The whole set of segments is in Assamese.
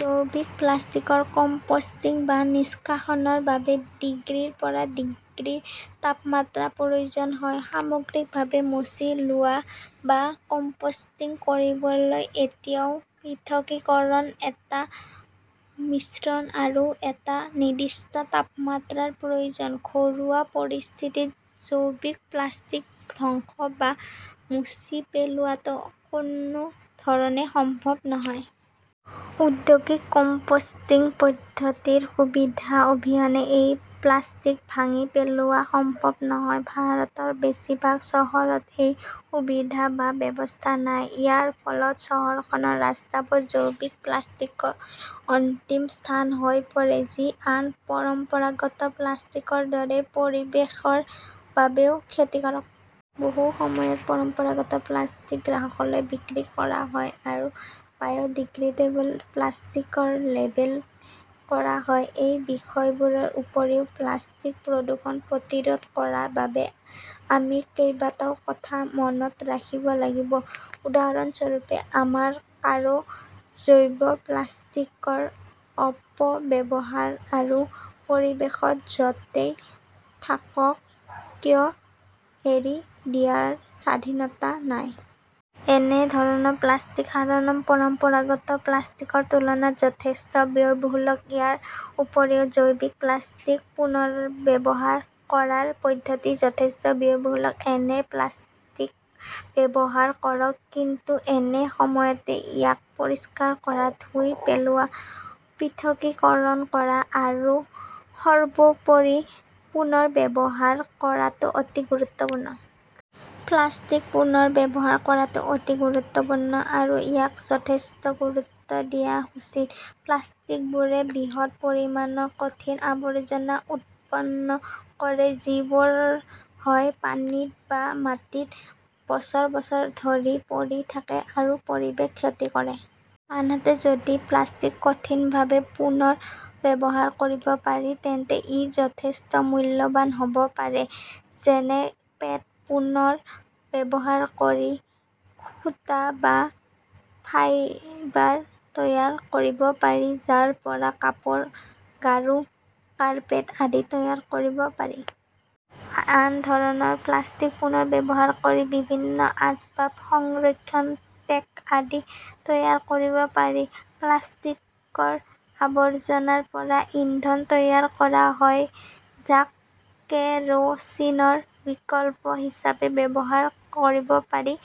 জৈৱিক প্লাষ্টিকৰ কম্পোষ্টিং বা নিষ্কাশনৰ বাবে ডিগ্ৰীৰ পৰা ডিগ্ৰীৰ তাপমাত্ৰাৰ প্ৰয়োজন হয়। সামগ্ৰিকভাৱে মচি লোৱা বা কম্পোষ্টিং কৰিবলৈ এতিয়াও পৃথকীকৰণ, এটা, মিশ্ৰণ আৰু এটা নিৰ্দিষ্ট তাপমাত্ৰাৰ প্ৰয়োজন। ঘৰুৱা পৰিস্থিতিত জৈৱিক প্লাষ্টিক ধ্বংস বা মচি পেলোৱাটো কোনো ধৰণে সম্ভৱ নহয়। ঔদ্যোগিক কম্পোষ্টিং পদ্ধতিৰ সুবিধা অবিহনে এই প্লাষ্টিক ভাঙি পেলোৱাটো সম্ভৱ নহয়। ভাৰতৰ বেছিভাগ চহৰত এই সুবিধা বা ব্যৱস্থা নাই। ইয়াৰ ফলত চহৰখনৰ ৰাস্তাবোৰ জৈৱিক প্লাষ্টিকৰ অন্তিম স্থান হৈ পৰে। যি আন পৰম্পৰাগত প্লাষ্টিকৰ দৰে পৰিৱেশৰ বাবেও ক্ষতিকাৰক। বহু সময়ত পৰম্পৰাগত প্লাষ্টিক গ্ৰাহকলৈ বিক্ৰী কৰা হয় আৰু বায়ডিগ্ৰেডেবল প্লাষ্টিক লেবেল কৰা হয়। এই বিষয়বোৰৰ উপৰিও প্লাষ্টিকৰ প্ৰদূষণ প্ৰতিৰোধ কৰাৰ বাবে আমি কেইবাটাও কথা মনত ৰাখিব লাগিব। উদাহৰণস্বৰূপে, আমাৰ কাৰো জৈৱ-প্লাষ্টিকৰ অপব্যৱহাৰ আৰু পৰিৱেশত য 'তেই থাকক কিয় এৰি দিয়াৰ স্বাধীনতা নাই। এনে ধৰণৰ প্লাষ্টিক সাধাৰণ পৰম্পৰাগত প্লাষ্টিকৰ তুলনাত যথেষ্ট ব্যয়বহুল। ইয়াৰ উপৰিও জৈৱিক প্লাষ্টিক পুনৰ্ব্যৱহাৰ কৰাৰ পদ্ধতিও যথেষ্ট ব্যয়বহুল। এনে প্লাষ্টিক ব্যৱহাৰ কৰক। কিন্তু এনে সময়তে ইয়াক পৰিষ্কাৰ কৰা, ধুই পেলোৱা, পৃথকীকৰণ কৰা আৰু সৰ্বোপৰি পুনৰ ব্যৱহাৰ কৰাটো অতি গুৰুত্বপূৰ্ণ। প্লাষ্টিক পুনৰ ব্যৱহাৰ কৰাটো অতি গুৰুত্বপূৰ্ণ আৰু ইয়াক যথেষ্ট গুৰুত্ব দিয়া উচিত। প্লাষ্টিকবোৰে বৃহৎ পৰিমাণৰ কঠিন আৱৰ্জনা উৎপন্ন কৰে যিবোৰ হয় পানীত বা মাটিত বছৰ বছৰ ধৰি পৰি থাকে আৰু পৰিৱেশৰ ক্ষতি কৰে। আনহাতে, যদি প্লাষ্টিক কঠিনভাবে পুনৰ ব্যৱহাৰ কৰিব পাৰি তেন্তে ই যথেষ্ট মূল্যৱান হ 'ব পাৰে। যেনে পেট পুনৰ ব্যৱহাৰ কৰি সূতা বা ফাইবাৰ তৈয়াৰ কৰিব পাৰি, যাৰ পৰা কাপোৰ, গাৰু, কাৰ্পেট আদি তৈয়াৰ কৰিব পাৰি। আন ধৰণৰ প্লাষ্টিক পুনৰ ব্যৱহাৰ কৰি বিভিন্ন আচবাব, সংৰক্ষণ টেংক আদি তৈয়াৰ কৰিব পাৰি। প্লাষ্টিকৰ আৱৰ্জনাৰ পৰা ইন্ধন তৈয়াৰ কৰা হয়, যাক কেৰোচিনৰ বিকল্প হিচাপে ব্যৱহাৰ কৰিব পাৰি।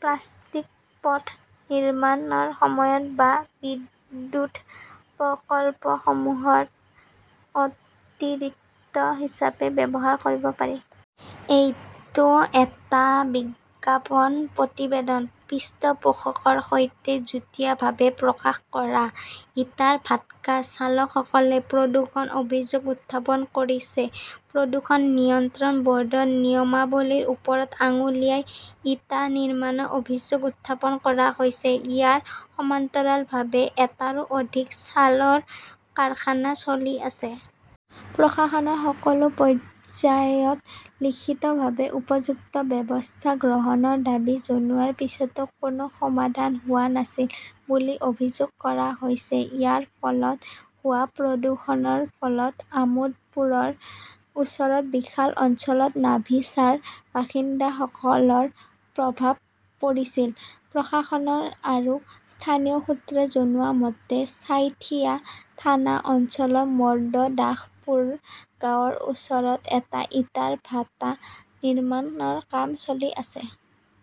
প্লাষ্টিক পথ নিৰ্মাণৰ সময়ত বা বিদ্যুৎ প্ৰকল্পসমূহত অতিৰিক্ত হিচাপেও ব্যৱহাৰ কৰিব পাৰি। এইটো এটা বিজ্ঞাপন প্ৰতিবেদন। পৃষ্ঠপোষকৰ সৈতে যুটীয়াভাৱে প্ৰকাশ কৰা। ইটাৰ ভাটকা-চালকসকলে প্ৰদূষণৰ অভিযোগ উত্থাপন কৰিছে প্ৰদূষণ নিয়ন্ত্ৰণ বৰ্ডৰ নিয়মাৱলীৰ ওপৰত আঙুলিয়াই ইটা নিৰ্মাণৰ অভিযোগ উত্থাপন কৰা হৈছে। ইয়াৰ সমান্তৰালভাৱে এটাৰো অধিক চালৰ কাৰখানা চলি আছে। প্ৰশাসনৰ সকলো পৰ্যায়ত লিখিতভাৱে উপযুক্ত ব্যৱস্থা গ্ৰহণৰ দাবী জনোৱাৰ পিছতো কোনো সমাধান হোৱা নাছিল বুলি অভিযোগ কৰা হৈছে। ইয়াৰ ফলত হোৱা প্ৰদূষণৰ ফলত আমোদপুৰৰ ওচৰৰ বিশাল অঞ্চলত নাভিছাৰ বাসিন্দাসকলৰ প্ৰভাৱ পৰিছিল। প্ৰশাসন আৰু স্থানীয় সূত্ৰই জনোৱা মতে, ছাইথিয়া থানা অঞ্চলৰ মৰ্তদাসপুৰ গাঁৱৰ ওচৰত এটা ইটাৰ ভাটা নিৰ্মাণৰ কাম চলি আছে।